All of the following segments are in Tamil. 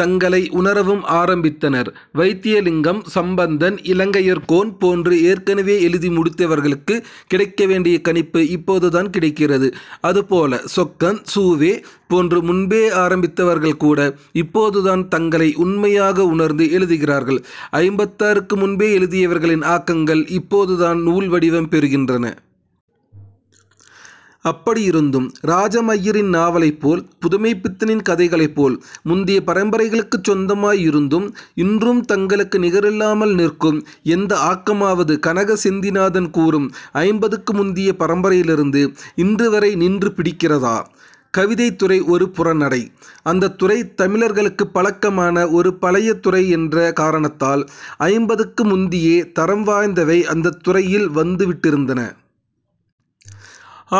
தங்களை உணரவும் ஆரம்பித்தனர். வைத்திலிங்கம், சம்பந்தன், இலங்கையர்கோன் போன்று ஏற்கனவே எழுதி முடித்தவர்களுக்குக் கிடைக்கவேண்டிய கணிப்பு இப்போதுதான் கிடைக்கிறது. அதுபோல சொக்கன், சு. வே. போன்று முன்பே ஆரம்பித்தவர்கள் கூட இப்போதுதான் தங்களை உண்மையாக உணர்ந்து எழுதுகிறார்கள். ஐம்பத்தாறுக்கு முன்பே எழுதியவர்களின் ஆக்கங்கள் இப்போதுதான் நூல்வடிவம் பெறுகின்றன. அப்படி இருந்தும் ராஜமய்யரின் நாவலைப்போல், புதுமைப்பித்தனின் கதைகளைப்போல் முந்திய பரம்பரைகளுக்குச் சொந்தமாய் இருந்தும் இன்றும் தங்களுக்கு நிகரில்லாமல் நிற்கும் எந்த ஆக்கமாவது கனக செந்திநாதன் கூறும் ஐம்பதுக்கு முந்திய பரம்பரையிலிருந்து இன்றுவரை நின்று பிடிக்கிறதா? கவிதைத்துறை ஒரு புறநடை. அந்தத் துறை தமிழர்களுக்குப் பழக்கமான ஒரு பழைய துறை என்ற காரணத்தால் ஐம்பதுக்கு முந்தியே தரம் வாய்ந்தவை அந்தத் துறையில் வந்துவிட்டிருந்தன.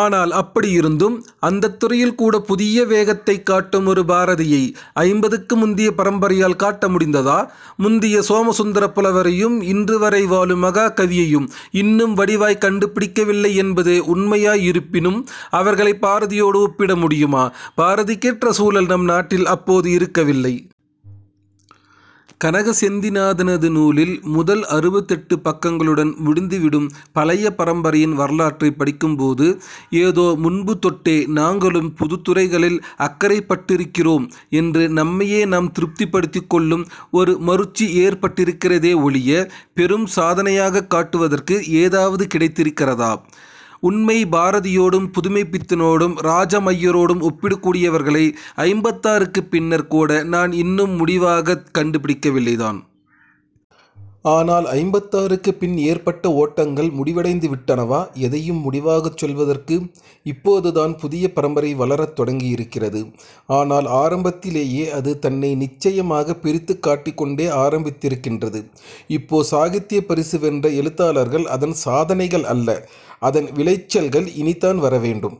ஆனால் அப்படி இருந்தும் அந்தத் துறையில்கூட புதிய வேகத்தைக் காட்டும் ஒரு பாரதியை, ஐம்பதுக்கு முந்திய பரம்பரையால் காட்ட முடிந்ததா? முந்திய சோமசுந்தரப் புலவரையும் இன்றுவரை வாழும் மகாகவியையும் இன்னும் வடிவாய்க் கண்டுபிடிக்கவில்லை என்பது உண்மையாய் இருப்பினும் அவர்களைப் பாரதியோடு ஒப்பிட முடியுமா? பாரதிக்கேற்ற சூழல் நம் நாட்டில் அப்போது இருக்கவில்லை. கனக செந்திநாதனது நூலில் முதல் அறுபத்தெட்டு பக்கங்களுடன் முடிந்துவிடும் பழைய பரம்பரையின் வரலாற்றைப் படிக்கும்போது ஏதோ முன்பு தொட்டே நாங்களும் புதுத்துறைகளில் அக்கறைப்பட்டிருக்கிறோம் என்று நம்மையே நாம் திருப்திப்படுத்திக்கொள்ளும் ஒரு மருட்சி ஏற்பட்டிருக்கிறதே ஒழிய பெரும் சாதனையாகக் காட்டுவதற்கு ஏதாவது கிடைத்திருக்கிறதா? உண்மை, பாரதியோடும் புதுமைப்பித்தனோடும் ராஜமய்யரோடும் ஒப்பிடக்கூடியவர்களை ஐம்பத்தாறுக்குப் பின்னர் கூட நான் இன்னும் முடிவாகக் கண்டுபிடிக்கவில்லைதான். ஆனால் ஐம்பத்தாறுக்குப் பின் ஏற்பட்ட ஓட்டங்கள் முடிவடைந்துவிட்டனவா, எதையும் முடிவாகச் சொல்வதற்கு? இப்போதுதான் புதிய பரம்பரை வளரத் தொடங்கியிருக்கிறது. ஆனால் ஆரம்பத்திலேயே அது தன்னை நிச்சயமாகப் பிரித்துக் காட்டிக்கொண்டே ஆரம்பித்திருக்கின்றது. இப்போ சாகித்தியப் பரிசு வென்ற எழுத்தாளர்கள் அதன் சாதனைகள் அல்ல. அதன் விளைச்சல்கள் இனித்தான் வரவேண்டும்.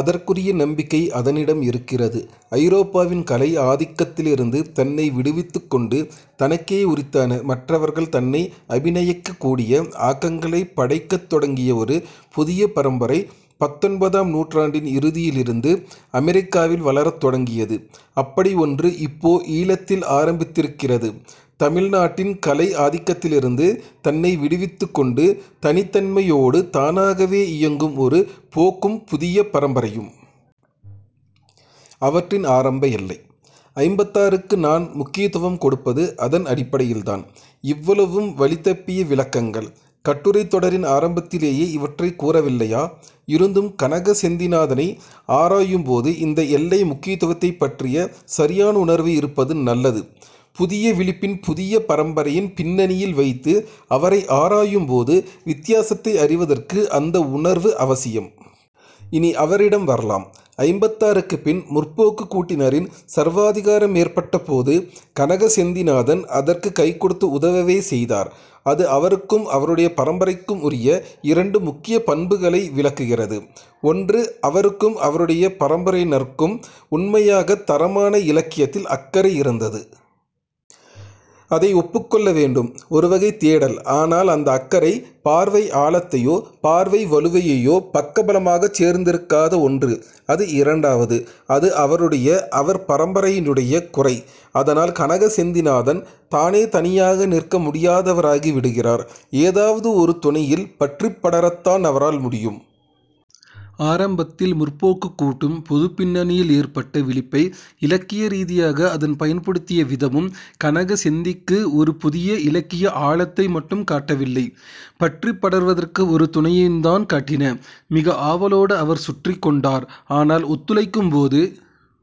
அதற்குரிய நம்பிக்கை அதனிடம் இருக்கிறது. ஐரோப்பாவின் கலை ஆதிக்கத்திலிருந்து தன்னை விடுவித்துக்கொண்டு தனக்கே உரித்தான, மற்றவர்கள் தன்னை அபிநயிக்கக்கூடிய, ஆக்கங்களைப் படைக்கத் தொடங்கிய ஒரு புதிய பரம்பரை பத்தொன்பதாம் நூற்றாண்டின் இறுதியிலிருந்து அமெரிக்காவில் வளரத் தொடங்கியது. அப்படி ஒன்று இப்போ ஈழத்தில் ஆரம்பித்திருக்கிறது. தமிழ்நாட்டின் கலை ஆதிக்கத்திலிருந்து தன்னை விடுவித்துக்கொண்டு தனித்தன்மையோடு தானாகவே இயங்கும் ஒரு போக்கும் புதிய பரம்பரையும்! அவற்றின் ஆரம்ப எல்லை. ஐம்பத்தாறுக்கு நான் முக்கியத்துவம் கொடுப்பது அந்த அடிப்படையில்தான். இவ்வளவும் வழிதப்பிய விளக்கங்கள். கட்டுரைத் தொடரின் ஆரம்பத்திலேயே இவற்றைக் கூறவில்லையா? இருந்தும் கனக செந்திநாதனை ஆராயும்போது இந்த எல்லை முக்கியத்துவத்தைப்பற்றிய சரியான உணர்வு இருப்பது நல்லது. புதிய விழிப்பின் புதிய பரம்பரையின் பின்னணியில் வைத்து அவரை ஆராயும்போது வித்தியாசத்தை அறிவதற்கு அந்த உணர்வு அவசியம். இனி அவரிடம் வரலாம். ஐம்பத்தாறுக்குப் பின் 'முற்போக்கு'க் கூட்டினரின் சர்வாதிகாரம் ஏற்பட்டபோது கனக செந்திநாதன் அதற்குக் கைகொடுத்து உதவவே செய்தார். அது அவருக்கும் அவருடைய பரம்பரைக்கும் உரிய இரண்டு முக்கிய பண்புகளை விளக்குகிறது. ஒன்று, அவருக்கும் அவருடைய பரம்பரையினருக்கும் உண்மையாகத் தரமான இலக்கியத்தில் அக்கறை இருந்தது. அதை ஒப்புக்கொள்ள வேண்டும். ஒருவகைத் தேடல். ஆனால் அந்த அக்கறை, பார்வை ஆழத்தையோ பார்வை வலுவையையோ பக்கபலமாகச் சேர்ந்திருக்காத ஒன்று. அது இரண்டாவது. அது அவருடைய, அவர் பரம்பரையினுடைய குறை. அதனால் கனக செந்திநாதன் தானே தனியாக நிற்க முடியாதவராகி விடுகிறார். ஏதாவது ஒரு துணையில் பற்றிப் படரத்தான் அவரால் முடியும். ஆரம்பத்தில் முற்போக்குக் கூட்டும், பொதுப் பின்னணியில் ஏற்பட்ட விழிப்பை இலக்கிய ரீதியாக அது பயன்படுத்திய விதமும் கனக செந்திக்கு ஒரு புதிய இலக்கிய ஆழத்தை மட்டும் காட்டவில்லை. பற்றிப் படர்வதற்கு ஒரு துணையையுந்தான் காட்டின. மிக ஆவலோடு அவர் சுற்றிக்கொண்டார். ஆனால் ஒத்துழைக்கும்போது